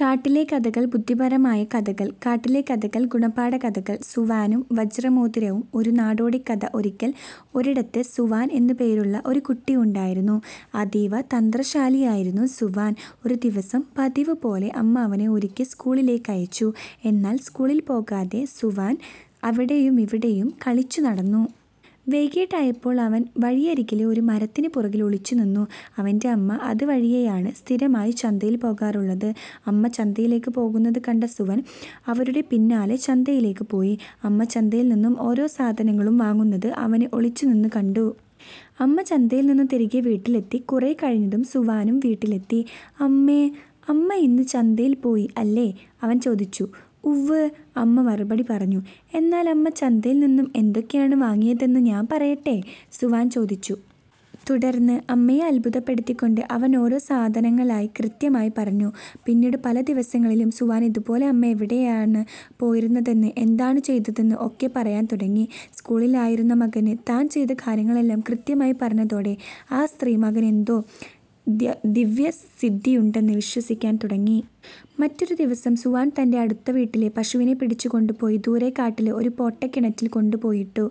കാട്ടിലെ കഥകള് ബുദ്ധിപരമായ കഥകൾ കാട്ടിലെ കഥകള് ഗുണപാഠ കഥകള് സുവാനും വജ്രമോതിരവും ഒരു നാടോടിക്കഥ ഒരിക്കല് ഒരിടത്ത് സുവാന് എന്നു പേരുള്ള ഒരു കുട്ടിയുണ്ടായിരുന്നു. അതീവ തന്ത്രശാലിയായിരുന്നു സുവാന്. ഒരു ദിവസം പതിവ് പോലെ അമ്മ അവനെ ഒരുക്കി സ്കൂളിലേയ്ക്കയച്ചു. എന്നാല് സ്കൂളില് പോകാതെ സുവാന് അവിടെയുമിവിടെയും കളിച്ചു നടന്നു. വൈകിട്ടായപ്പോള് അവന് വഴിയരികിലെ ഒരു മരത്തിന് പുറകില് ഒളിച്ചു നിന്നു. അവന്റെ അമ്മ അത് വഴിയെയാണ് സ്ഥിരമായി ചന്തയില് പോകാറുള്ളത്. അമ്മ ചന്തയിലേയ്ക്ക് പോകുന്നത് കണ്ട സുവന് അവരുടെ പിന്നാലേ ചന്തയിലേയ്ക്ക് പോയി. അമ്മ ചന്തയില് നിന്നും ഓരോ സാധനങ്ങളും വാങ്ങുന്നത് അവന് ഒളിച്ചു നിന്നു കണ്ടു. അമ്മ ചന്തയില് നിന്നും തിരികെ വീട്ടിലെത്തി കുറെ കഴിഞ്ഞതും സുവാനും വീട്ടിലെത്തി. "അമ്മേ, അമ്മ ഇന്ന് ചന്തയില് പോയി അല്ലേ? " അവന് ചോദിച്ചു. "ഉവ്വ്. " അമ്മ മറുപടി പറഞ്ഞു. "എന്നാല് അമ്മ ചന്തയില് നിന്നും എന്തൊക്കെയാണ് വാങ്ങിയതെന്ന് ഞാന് പറയട്ടെ? " സുവാന് ചോദിച്ചു. തുടര്ന്ന് അമ്മയെ അത്ഭുതപ്പെടുത്തിക്കൊണ്ട് അവന് ഓരോ സാധനങ്ങളായി കൃത്യമായി പറഞ്ഞു. പിന്നീട് പല ദിവസങ്ങളിലും സുവാന് ഇത് പോലെ അമ്മ എവിടെയാണ് പോയിരുന്നതെന്നും എന്താണ് ചെയ്തതെന്നും ഒക്കെ പറയാന് തുടങ്ങി. സ്കൂളില് ആയിരുന്ന മകന് താന് ചെയ്ത കാര്യങ്ങളെല്ലാം കൃത്യമായി പറഞ്ഞതോടെ ആ സ്ത്രീ മകന് എന്തോ ദിവ്യസിദ്ധിയുണ്ടെന്ന് വിശ്വസിക്കാന് തുടങ്ങി. മറ്റൊരു ദിവസം സുവാന് തന്റെ അടുത്ത വീട്ടിലെ പശുവിനെ പിടിച്ച് കൊണ്ട് പോയി ദൂരെ കാട്ടിലെ ഒരു പൊട്ടക്കിണറ്റില് കൊണ്ട് പോയിട്ടു.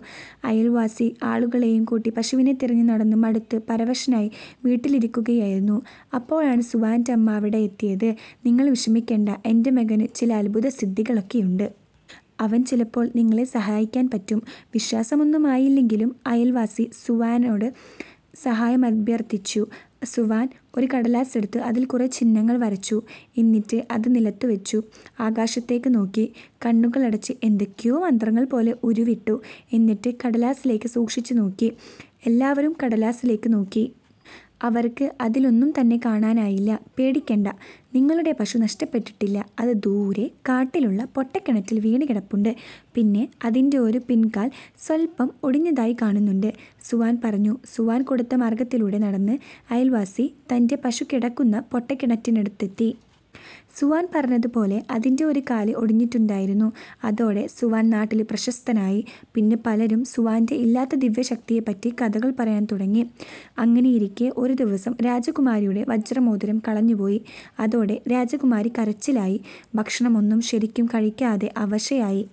അയല്വാസി ആളുകളെയും കൂട്ടി പശുവിനെ തിരഞ്ഞ് നടന്ന് മടുത്ത് പരവശനായി വീട്ടിലിരിക്കുകയായിരുന്നു. അപ്പോഴാണ് സുവാന്റെ അമ്മ അവിടെയെത്തിയത്. "നിങ്ങള് വിഷമിക്കേണ്ട. എന്റെ മകന് ചില അത്ഭുതസിദ്ധീകളൊക്കെയുണ്ട്. അവന് ചിലപ്പോള് നിങ്ങളെ സഹായിക്കാന് പറ്റും! " വിശ്വാസമൊന്നുമായില്ലെങ്കിലും അയല്വാസി സുവാനോട് സഹായമഭ്യര്ത്ഥിച്ചു. സുവാന് ഒരു കടലാസെടുത്ത് അതില് കുറെ ചിഹ്നങ്ങള് വരച്ചു. എന്നിട്ട് അത് നിലത്തു വെച്ചു. ആകാശത്തേയ്ക്ക് നോക്കി, കണ്ണുകളടച്ച് എന്തൊക്കെയോ മന്ത്രങ്ങള് പോലെ ഉരുവിട്ടു. എന്നിട്ട് കടലാസിലേയ്ക്ക് സൂക്ഷിച്ച് നോക്കി. എല്ലാവരും കടലാസിലേയ്ക്ക് നോക്കി. അവര്ക്ക് അതില് ഒന്നും തന്നെ കാണാനായില്ല, "പേടിക്കേണ്ട! നിങ്ങളുടെ പശു നഷ്ടപ്പെട്ടിട്ടില്ല. അത് ദൂരെ കാട്ടിലുള്ള പൊട്ടക്കിണറ്റില് വീണ് കിടപ്പുണ്ട്. പിന്നേ, അതിന്റെ ഒരു പിന് കാല് സ്വല്പ്പം ഒടിഞ്ഞതായി കാണുന്നുണ്ട്" സുവാന് പറഞ്ഞു. സുവാന് കൊടുത്ത മാര്ഗത്തിലൂടെ നടന്ന് അയല്വാസി തന്റെ പശു കിടക്കുന്ന പൊട്ടക്കിണറ്റിനടുത്തെത്തി. സുവാന് പറഞ്ഞത് പോലെ അതിന്റെ ഒരു കാല് ഒടിഞ്ഞിട്ടുണ്ടായിരുന്നു! അതോടെ സുവാന് നാട്ടിലെ പ്രശസ്തനായി. പിന്നെ പലരും സുവാന്റെ ഇല്ലാത്ത ദിവ്യശക്തിയെപ്പറ്റി കഥകള് പറയാന് തുടങ്ങി. അങ്ങിനെയിരിക്കെ ഒരു ദിവസം രാജകുമാരിയുടെ വജ്ര മോതിരം കളഞ്ഞു പോയി. അതോടെ രാജകുമാരി കരച്ചിലായി. ഭക്ഷണമൊന്നും ശരിക്കും കഴിക്കാതെ അവശയായി.